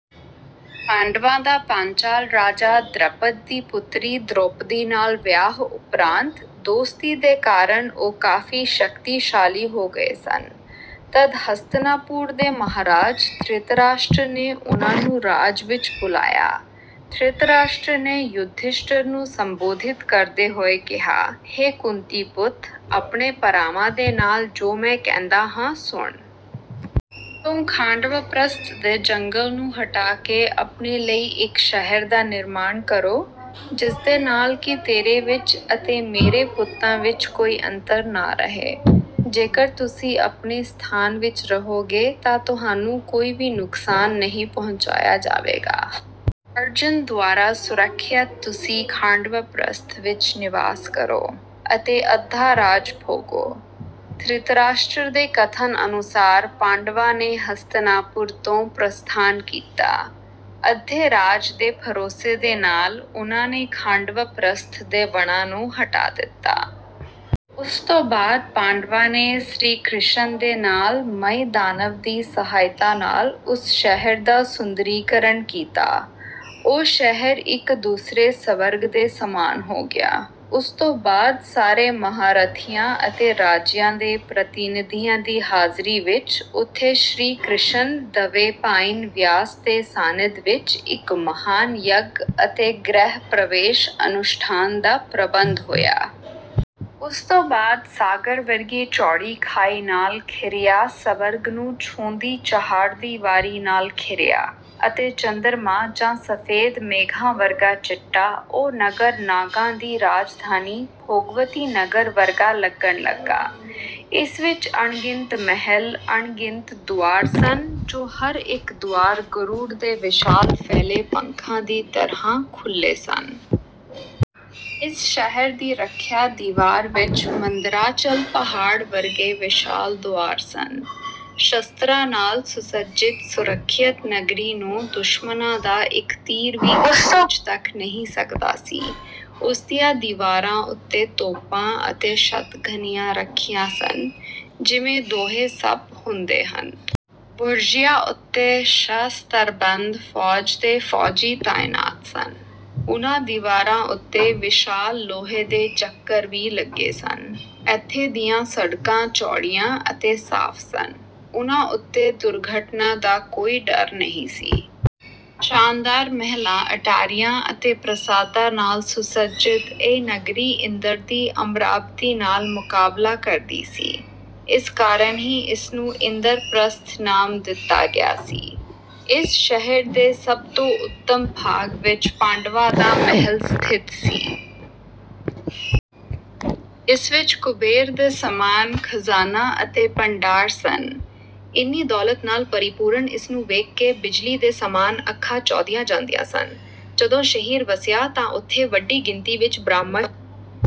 ਪਾਂਡਵਾਂ ਦਾ ਪਾਂਚਾਲ ਰਾਜਾ ਦ੍ਰੁਪਦ ਦੀ ਪੁਤਰੀ ਦ੍ਰੋਪਦੀ ਨਾਲ ਵਿਆਹ ਉੱਪਰਾਂਤ ਦੋਸਤੀ ਦੇ ਕਾਰਨ ਉਹ ਕਾਫੀ ਸ਼ਕਤੀਸ਼ਾਲੀ ਹੋ ਗਏ ਸਨ। ਤਦ ਹਸਤਨਾਪੁਰ ਦੇ ਮਹਾਰਾਜ ਧ੍ਰਿਤਰਾਸ਼ਟਰ ਨੇ ਉਨ੍ਹਾਂ ਨੂੰ ਰਾਜ ਵਿੱਚ ਬੁਲਾਇਆ। ਧ੍ਰਿਤਰਾਸ਼ਟਰ ਨੇ ਯੁਧਿਸ਼ਠਰ ਨੂੰ ਸੰਬੋਧਿਤ ਕਰਦੇ ਹੋਏ ਕਿਹਾ ਹੇ ਕੁੰਤੀ ਪੁੱਤ ਆਪਣੇ ਭਰਾਵਾਂ ਦੇ ਨਾਲ ਜੋ ਮੈਂ ਕਹਿੰਦਾ ਹਾਂ ਸੁਣ। ਤੂੰ ਖਾਂਡਵਪ੍ਰਸਥ ਦੇ ਜੰਗਲ ਨੂੰ ਹਟਾ ਕੇ ਆਪਣੇ ਲਈ ਇੱਕ ਸ਼ਹਿਰ ਦਾ ਨਿਰਮਾਣ ਕਰੋ ਜਿਸਦੇ ਨਾਲ ਕਿ ਤੇਰੇ ਵਿੱਚ ਅਤੇ ਮੇਰੇ ਪੁੱਤਾਂ ਵਿੱਚ ਕੋਈ ਅੰਤਰ ਨਾ ਰਹੇ। ਜੇਕਰ ਤੁਸੀਂ ਆਪਣੇ ਸਥਾਨ ਵਿੱਚ ਰਹੋਗੇ ਤਾਂ ਤੁਹਾਨੂੰ ਕੋਈ ਵੀ ਨੁਕਸਾਨ ਨਹੀਂ ਪਹੁੰਚਾਇਆ ਜਾਵੇਗਾ। ਅਰਜਨ ਦੁਆਰਾ ਸੁਰੱਖਿਅਤ ਤੁਸੀਂ ਖਾਂਡਵਪ੍ਰਸਥ ਵਿੱਚ ਨਿਵਾਸ ਕਰੋ ਅਤੇ ਅੱਧਾ ਰਾਜ ਭੋਗੋ। ਧ੍ਰਿਤਰਾਸ਼ਟਰ ਦੇ ਕਥਨ ਅਨੁਸਾਰ ਪਾਂਡਵਾਂ ਨੇ ਹਸਤਨਾਪੁਰ ਤੋਂ ਪ੍ਰਸਥਾਨ ਕੀਤਾ। ਅੱਧੇ ਰਾਜ ਦੇ ਭਰੋਸੇ ਦੇ ਨਾਲ ਉਨ੍ਹਾਂ ਨੇ ਖਾਂਡਵਪ੍ਰਸਥ ਦੇ ਵਣਾਂ ਨੂੰ ਹਟਾ ਦਿੱਤਾ। ਉਸ ਤੋਂ ਬਾਅਦ ਪਾਂਡਵਾਂ ਨੇ ਸ਼੍ਰੀ ਕ੍ਰਿਸ਼ਨ ਦੇ ਨਾਲ ਮਯ ਦਾਨਵ ਦੀ ਸਹਾਇਤਾ ਨਾਲ ਉਸ ਸ਼ਹਿਰ ਦਾ ਸੁੰਦਰੀਕਰਨ ਕੀਤਾ। ਉਹ ਸ਼ਹਿਰ ਇੱਕ ਦੂਸਰੇ ਸਵਰਗ ਦੇ ਸਮਾਨ ਹੋ ਗਿਆ। ਉਸ ਤੋਂ ਬਾਅਦ ਸਾਰੇ ਮਹਾਰਥੀਆਂ ਅਤੇ ਰਾਜਿਆਂ ਦੇ ਪ੍ਰਤੀਨਿਧੀਆਂ ਦੀ ਹਾਜ਼ਰੀ ਵਿੱਚ ਉੱਥੇ ਸ਼੍ਰੀ ਕ੍ਰਿਸ਼ਨ ਦਵੈਪਾਇਨ ਵਿਆਸ ਦੇ ਸਾਨਿਧ ਵਿੱਚ ਇੱਕ ਮਹਾਨ ਯੱਗ ਅਤੇ ਗ੍ਰਹਿ ਪ੍ਰਵੇਸ਼ ਅਨੁਸ਼ਠਾਨ ਦਾ ਪ੍ਰਬੰਧ ਹੋਇਆ। ਉਸ ਤੋਂ ਬਾਅਦ ਸਾਗਰ ਵਰਗੀ ਚੌੜੀ ਖਾਈ ਨਾਲ ਘਿਰਿਆ ਸਵਰਗ ਨੂੰ ਛੂੰਹਦੀ ਚਹਾਰਦੀਵਾਰੀ ਨਾਲ ਘਿਰਿਆ ਅਤੇ ਚੰਦਰਮਾ ਜਾਂ ਸਫੇਦ ਮੇਘਾਂ ਵਰਗਾ ਚਿੱਟਾ ਉਹ ਨਗਰ ਨਾਗਾਂ ਦੀ ਰਾਜਧਾਨੀ ਭੋਗਵਤੀ ਨਗਰ ਵਰਗਾ ਲੱਗਣ ਲੱਗਾ। ਇਸ ਵਿੱਚ ਅਣਗਿਣਤ ਮਹਿਲ ਅਣਗਿਨਤ ਦੁਆਰ ਸਨ ਜੋ ਹਰ ਇੱਕ ਦੁਆਰ ਗਰੁੜ ਦੇ ਵਿਸ਼ਾਲ ਫੈਲੇ ਪੰਖਾਂ ਦੀ ਤਰ੍ਹਾਂ ਖੁੱਲੇ ਸਨ। ਇਸ ਸ਼ਹਿਰ ਦੀ ਰੱਖਿਆ ਦੀਵਾਰ ਵਿੱਚ ਮੰਦਰਾਚਲ ਪਹਾੜ ਵਰਗੇ ਵਿਸ਼ਾਲ ਦੁਆਰ ਸਨ। ਸ਼ਸਤਰਾਂ ਨਾਲ ਸੁਸੱਜਿਤ ਸੁਰੱਖਿਅਤ ਨਗਰੀ ਨੂੰ ਦੁਸ਼ਮਨਾਂ ਦਾ ਇੱਕ ਤੀਰ ਵੀ ਖਰੋਚ ਤੱਕ ਨਹੀਂ ਸਕਦਾ ਸੀ। ਉਸ ਦੀਆਂ ਦੀਵਾਰਾਂ ਉੱਤੇ ਤੋਪਾਂ ਅਤੇ ਸ਼ਤਘਨੀਆਂ ਰੱਖੀਆਂ ਸਨ ਜਿਵੇਂ ਦੋਮੁਹੇ ਸੱਪ ਹੁੰਦੇ ਹਨ। ਬੁਰਜੀਆਂ ਉੱਤੇ ਸ਼ਸਤਰਬੰਦ ਫੌਜ ਦੇ ਫੌਜੀ ਤਾਇਨਾਤ ਸਨ। ਉਨ੍ਹਾਂ ਦੀਵਾਰਾਂ ਉੱਤੇ ਵਿਸ਼ਾਲ ਲੋਹੇ ਦੇ ਚੱਕਰ ਵੀ ਲੱਗੇ ਸਨ। ਇੱਥੇ ਦੀਆਂ ਸੜਕਾਂ ਚੌੜੀਆਂ ਅਤੇ ਸਾਫ ਸਨ। ਉਨ੍ਹਾਂ ਉੱਤੇ ਦੁਰਘਟਨਾ ਦਾ ਕੋਈ ਡਰ ਨਹੀਂ ਸੀ। ਸ਼ਾਨਦਾਰ ਮਹਿਲਾਂ ਅਟਾਰੀਆਂ ਅਤੇ ਪ੍ਰਾਸਾਦਾਂ ਨਾਲ ਸੁਸੱਜਿਤ ਇਹ ਨਗਰੀ ਇੰਦਰ ਦੀ ਅਮਰਾਵਤੀ ਨਾਲ ਮੁਕਾਬਲਾ ਕਰਦੀ ਸੀ। ਇਸ ਕਾਰਨ ਹੀ ਇਸਨੂੰ ਇੰਦਰਪ੍ਰਸਥ ਨਾਮ ਦਿੱਤਾ ਗਿਆ ਸੀ। ਇਸ ਸ਼ਹਿਰ ਦੇ ਸਭ ਤੋਂ ਉੱਤਮ ਭਾਗ ਵਿੱਚ ਪਾਂਡਵਾਂ ਦਾ ਮਹਿਲ ਸਥਿਤ ਸੀ। ਇਸ ਵਿੱਚ ਕੁਬੇਰ ਦੇ ਸਮਾਨ ਖਜ਼ਾਨਾ ਅਤੇ ਭੰਡਾਰ ਸਨ। ਇੰਨੀ ਦੌਲਤ ਨਾਲ ਪਰਿਪੂਰਨ ਇਸਨੂੰ ਵੇਖ ਕੇ ਬਿਜਲੀ ਦੇ ਸਮਾਨ ਅੱਖਾਂ ਚੌਧੀਆਂ ਜਾਂਦੀਆਂ ਸਨ। ਜਦੋਂ ਸ਼ਹਿਰ ਵਸਿਆ ਤਾਂ ਉੱਥੇ ਵੱਡੀ ਗਿਣਤੀ ਵਿੱਚ ਬ੍ਰਾਹਮਣ